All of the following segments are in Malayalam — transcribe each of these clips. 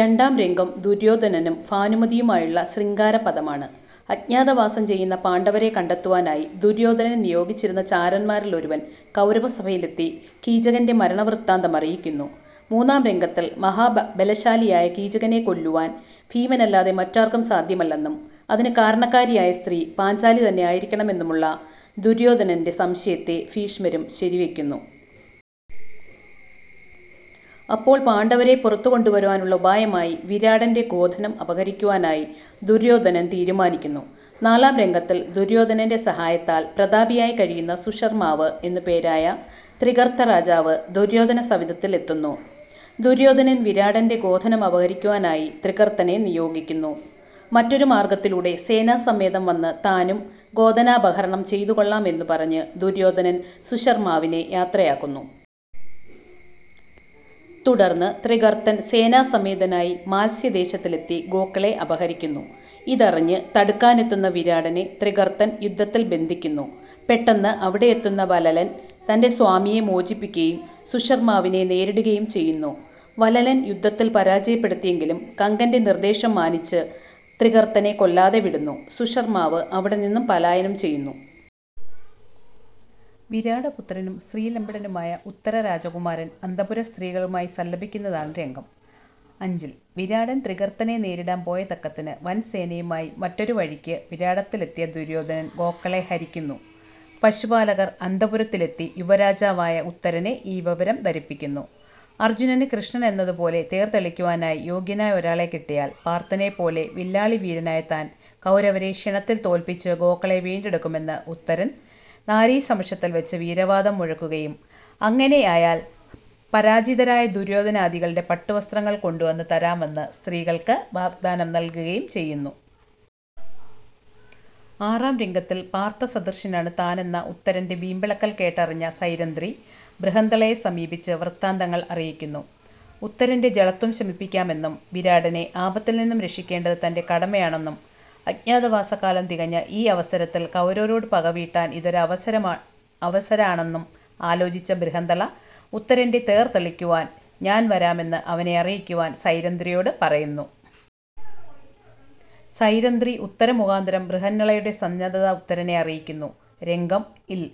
രണ്ടാം രംഗം ദുര്യോധനനും ഭാനുമതിയുമായുള്ള ശൃഗാരപ്പദമാണ്. അജ്ഞാതവാസം ചെയ്യുന്ന പാണ്ഡവരെ കണ്ടെത്തുവാനായി ദുര്യോധനൻ നിയോഗിച്ചിരുന്ന ചാരന്മാരിൽ ഒരുവൻ കൌരവസഭയിലെത്തി കീചകന്റെ മരണവൃത്താന്തം അറിയിക്കുന്നു മൂന്നാം രംഗത്തിൽ. മഹാബലശാലിയായ കീചകനെ കൊല്ലുവാൻ ഭീമനല്ലാതെ മറ്റാർക്കും സാദ്ധ്യമല്ലെന്നും അതിനുകാരണക്കാരിയായ സ്ത്രീ പാഞ്ചാലിതന്നെ ആയിരിക്കണമെന്നുമുള്ള ദുര്യോധനന്റെ സംശയത്തെ ഭീഷ്മരും ശരിവയ്ക്കുന്നു. അപ്പോൾ പാണ്ഡവരെ പുറത്തുകൊണ്ടുവരുവാനുള്ള ഉപായമായി വിരാടന്റെ ഗോധനം അപഹരിക്കുവാനായി ദുര്യോധനൻ തീരുമാനിക്കുന്നു. നാലാം രംഗത്തിൽ ദുര്യോധനന്റെ സഹായത്താൽ പ്രതാപിയായി കഴിയുന്ന സുശർമ്മാവ് എന്നുപേരായ ത്രിഗർത്തരാജാവ് ദുര്യോധന സവിധത്തിലെത്തുന്നു. ദുര്യോധനൻ വിരാടന്റെ ഗോധനം അപഹരിക്കുവാനായി ത്രിഗർത്തനെ നിയോഗിക്കുന്നു. മറ്റൊരുമാർഗ്ഗത്തിലൂടെ സേനാസമേതം വന്ന് താനും ഗോധനാപഹരണം ചെയ്തുകൊള്ളാം എന്നുപറഞ്ഞ് ദുര്യോധനൻ സുശർമ്മാവിനെ യാത്രയാക്കുന്നു. തുടർന്ന് ത്രിഗർത്തൻ സേനാസമേതനായി മാത്സ്യദേശത്തിലെത്തി ഗോക്കളെ അപഹരിക്കുന്നു. ഇതറിഞ്ഞ് തടുക്കാനെത്തുന്ന വിരാടനെ ത്രിഗർത്തൻ യുദ്ധത്തിൽ ബന്ധിക്കുന്നു. പെട്ടെന്ന് അവിടെയെത്തുന്ന വലലൻ തന്റെ സ്വാമിയെ മോചിപ്പിക്കുകയും സുശർമ്മാവിനെ നേരിടുകയും ചെയ്യുന്നു. വലലൻ യുദ്ധത്തിൽ പരാജയപ്പെടുത്തിയെങ്കിലും കങ്കന്റെ നിദ്ദേശം മാനിച്ച് ത്രിഗർത്തനെ കൊല്ലാതെ വിടുന്നു. സുശർമ്മാവ് അവിടെനിന്നും പാലായനം ചെയ്യുന്നു. വിരാടപുത്രനും സ്ത്രീലമ്പടനുമായ ഉത്തരരാജകുമാരൻ അന്ത:പുരസ്ത്രീകളുകളുമായി സല്ലപിക്കുന്നതാണ് രംഗം അഞ്ചിൽ. വിരാടൻ ത്രിഗർത്തനെ നേരിടാൻ പോയതക്കത്തിന് വൻസേനയുമായി മറ്റൊരുവഴിയ്ക്ക് വിരാടത്തിലെത്തിയ ദുര്യോധനൻ ഗോക്കളെ ഹരിക്കുന്നു. പശുപാലകർ അന്ത:പുരത്തിലെത്തി യുവരാജാവായ ഉത്തരനെ ഈ വിവരം ധരിപ്പിക്കുന്നു. അർജ്ജുനന് കൃഷ്ണൻ എന്നതുപോലെ തേർതെളിക്കുവാനായി യോഗ്യനായ ഒരാളെ കിട്ടിയാൽ പാർത്ഥനെപ്പോലെ വില്ലാളിവീരനായ താൻ കൌരവരെ ക്ഷണത്തിൽ തൊൽപ്പിച്ച് ഗോക്കളെ വിണ്ടെടുക്കുമെന്ന് ഉത്തരൻ നാരീസമക്ഷത്തിൽ വെച്ച് വീരവാദം മുഴക്കുകയും, അങ്ങനെയായാൽ പരാജിതരായ ദുര്യോധനാദികളുടെ പട്ടുവസ്ത്രങ്ങൾ കൊണ്ടുവന്ന് തരാമെന്ന് സ്ത്രീകൾക്ക് വാഗ്ദാനം നൽകുകയും ചെയ്യുന്നു. ആറാം രംഗത്തിൽ പാർത്ഥസദൃശനാണ് താനെന്ന ഉത്തരന്റെ വീമ്പിളക്കൽ കേട്ടറിഞ്ഞ സൈരന്ധ്രി ബൃഹന്ദളയെ സമീപിച്ച് വൃത്താന്തങ്ങൾ അറിയിക്കുന്നു. ഉത്തരന്റെ ജളത്വം ശമിപ്പിക്കാമെന്നും, വിരാടനെ ആപത്തിൽനിന്നും രക്ഷിക്കേണ്ടത് തന്റെ കടമയാണന്നും, അജ്ഞാതവാസകാലം തികഞ്ഞ ഈ അവസരത്തിൽ കൌരവരോട് പകവീട്ടാൻ ഇതൊരു അവസരാണന്നും ആലോചിച്ച ബൃഹന്ദള; 'ഉത്തരന്റെ തെർ തെളിക്കുവാൻ ഞാൻ വരാം' എന്ന് അവനെ അറിയിക്കുവാൻ സൈരന്ധ്രിയോട് പറയുന്നു. സൈരന്ധ്രി ഉത്തരമുഖാന്തരം ബൃഹന്നളയുടെ സന്നദ്ധത ഉത്തരനെ അറിയിക്കുന്നു രംഗം ൽ.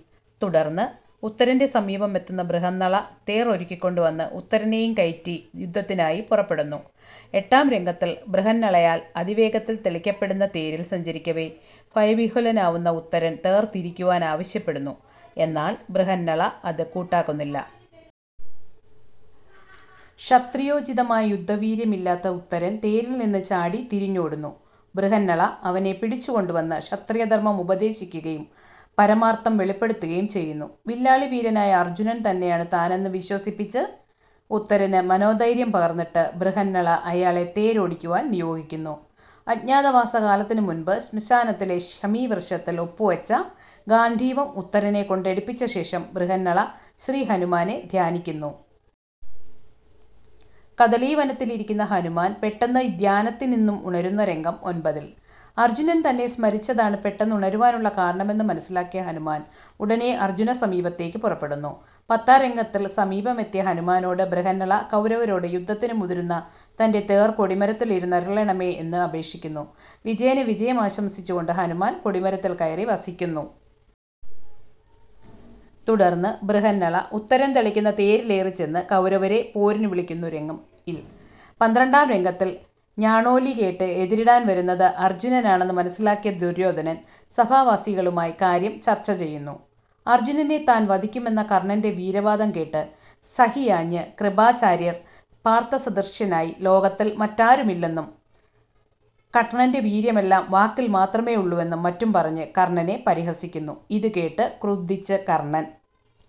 തുടർന്ന് ഉത്തരന്റെ സമീപമെത്തുന്ന ബൃഹന്നള തേർ ഒരുക്കിക്കൊണ്ടുവന്ന് ഉത്തരനെയും കയറ്റി യുദ്ധത്തിനായി പുറപ്പെടുന്നു. എട്ടാം രംഗത്തിൽ ബൃഹന്നളയാൽ അതിവേഗത്തിൽ തെളിക്കപ്പെടുന്ന തേരിൽ സഞ്ചരിക്കവെ ഭയവിഹ്വലനാവുന്ന ഉത്തരൻ തേർ തിരിക്കുവാൻ ആവശ്യപ്പെടുന്നു. എന്നാൽ ബൃഹന്നള അത് കൂട്ടാക്കുന്നില്ല. ക്ഷത്രിയോചിതമായ യുദ്ധവീര്യമില്ലാത്ത ഉത്തരൻ തേരിൽ നിന്നു ചാടി തിരിഞ്ഞോടുന്നു. ബൃഹന്നള അവനെ പിടിച്ചുകൊണ്ടുവന്ന് ക്ഷത്രിയധർമ്മം ഉപദേശിക്കുകയും പരമാർത്ഥം വെളിപെടുത്തുകയും ചെയ്യുന്നു. വില്ലാളിവീരനായ അർജ്ജുനൻ തന്നെയാണ് താനെന്ന് വിശ്വസിപ്പിച്ച് ഉത്തരന് മനോധര്യം പകർന്നിട്ട് ബൃഹന്നള അയാളെ തേരോടിക്കുവാൻ നിയോഗിക്കുന്നു. അജ്ഞാതവാസകാലത്തിനുമുൻപ് ശ്മശാനത്തിലെ ശമീവൃക്ഷത്തിൽ ഒപ്പിച്ചുവെച്ച ഗാണ്ഡീവം ഉത്തരനെകൊണ്ട് എടുപ്പിച്ച ശേഷം ബൃഹന്നള ശ്രീഹനുമാനെ ധ്യാനിക്കുന്നു. കദളീവനത്തിലിരിക്കുന്ന ഹനുമാൻ പെട്ടെന്ന് ധ്യാനത്തിനിന്നും ഉണരുന്നു രംഗം ഒൻപതിൽ. അർജ്ജുനൻ തന്നെ സ്മരിച്ചതാണ് പെട്ടെന്ന് ഉണരുവാനുള്ള കാരണമെന്ന് മനസ്സിലാക്കിയ ഹനുമാൻ ഉടനെ അർജ്ജുനസമീപത്തേയ്ക്ക് പുറപ്പെടുന്നു. പത്താം രംഗത്തിൽ സമീപമെത്തിയ ഹനുമാനോട് ബൃഹന്നള കൌരവരോട് യുദ്ധത്തിന് മുതിരുന്ന തന്റെ തേർകൊടിമരത്തിൽ ഇരുന്നരുളേണമേ എന്ന് അപേക്ഷിക്കുന്നു. വിജയന് വിജയം ആശംസിച്ചുകൊണ്ട് ഹനുമാൻ കൊടിമരത്തിൽ കയറി വസിക്കുന്നു. തുടർന്ന് ബൃഹന്നള ഉത്തരൻ തെളിക്കുന്ന തേരിലേറിചെന്ന് കൌരവരെ പോരിനുവിളിക്കുന്നു രംഗം ൽ. പന്ത്രണ്ടാം രംഗത്തിൽ ഞാണോലികേട്ട് എതിരിടാൻ വരുന്നത് അർജ്ജുനനാണന്ന് മനസ്സിലാക്കിയ ദുര്യോധനൻ സഭാവാസികളുമായി കാര്യം ചർച്ച ചെയ്യുന്നു. അർജ്ജുനനെ താൻ വധിക്കുമെന്ന കർണ്ണന്റെ വീരവാദം കേട്ട് സഹിയാഞ്ഞ് കൃപാചാര്യർ പാർത്ഥസദൃശനായി ലോകത്തിൽ മറ്റാരുമില്ലെന്നും കർണ്ണന്റെ വീര്യമെല്ലാം വാക്കിൽ മാത്രമെയുള്ളുവെന്നും മറ്റും പറഞ്ഞ് കർണ്ണനെ പരിഹസിക്കുന്നു. ഇതുകേട്ട് ക്രുദ്ധിച്ച് കർണ്ണൻ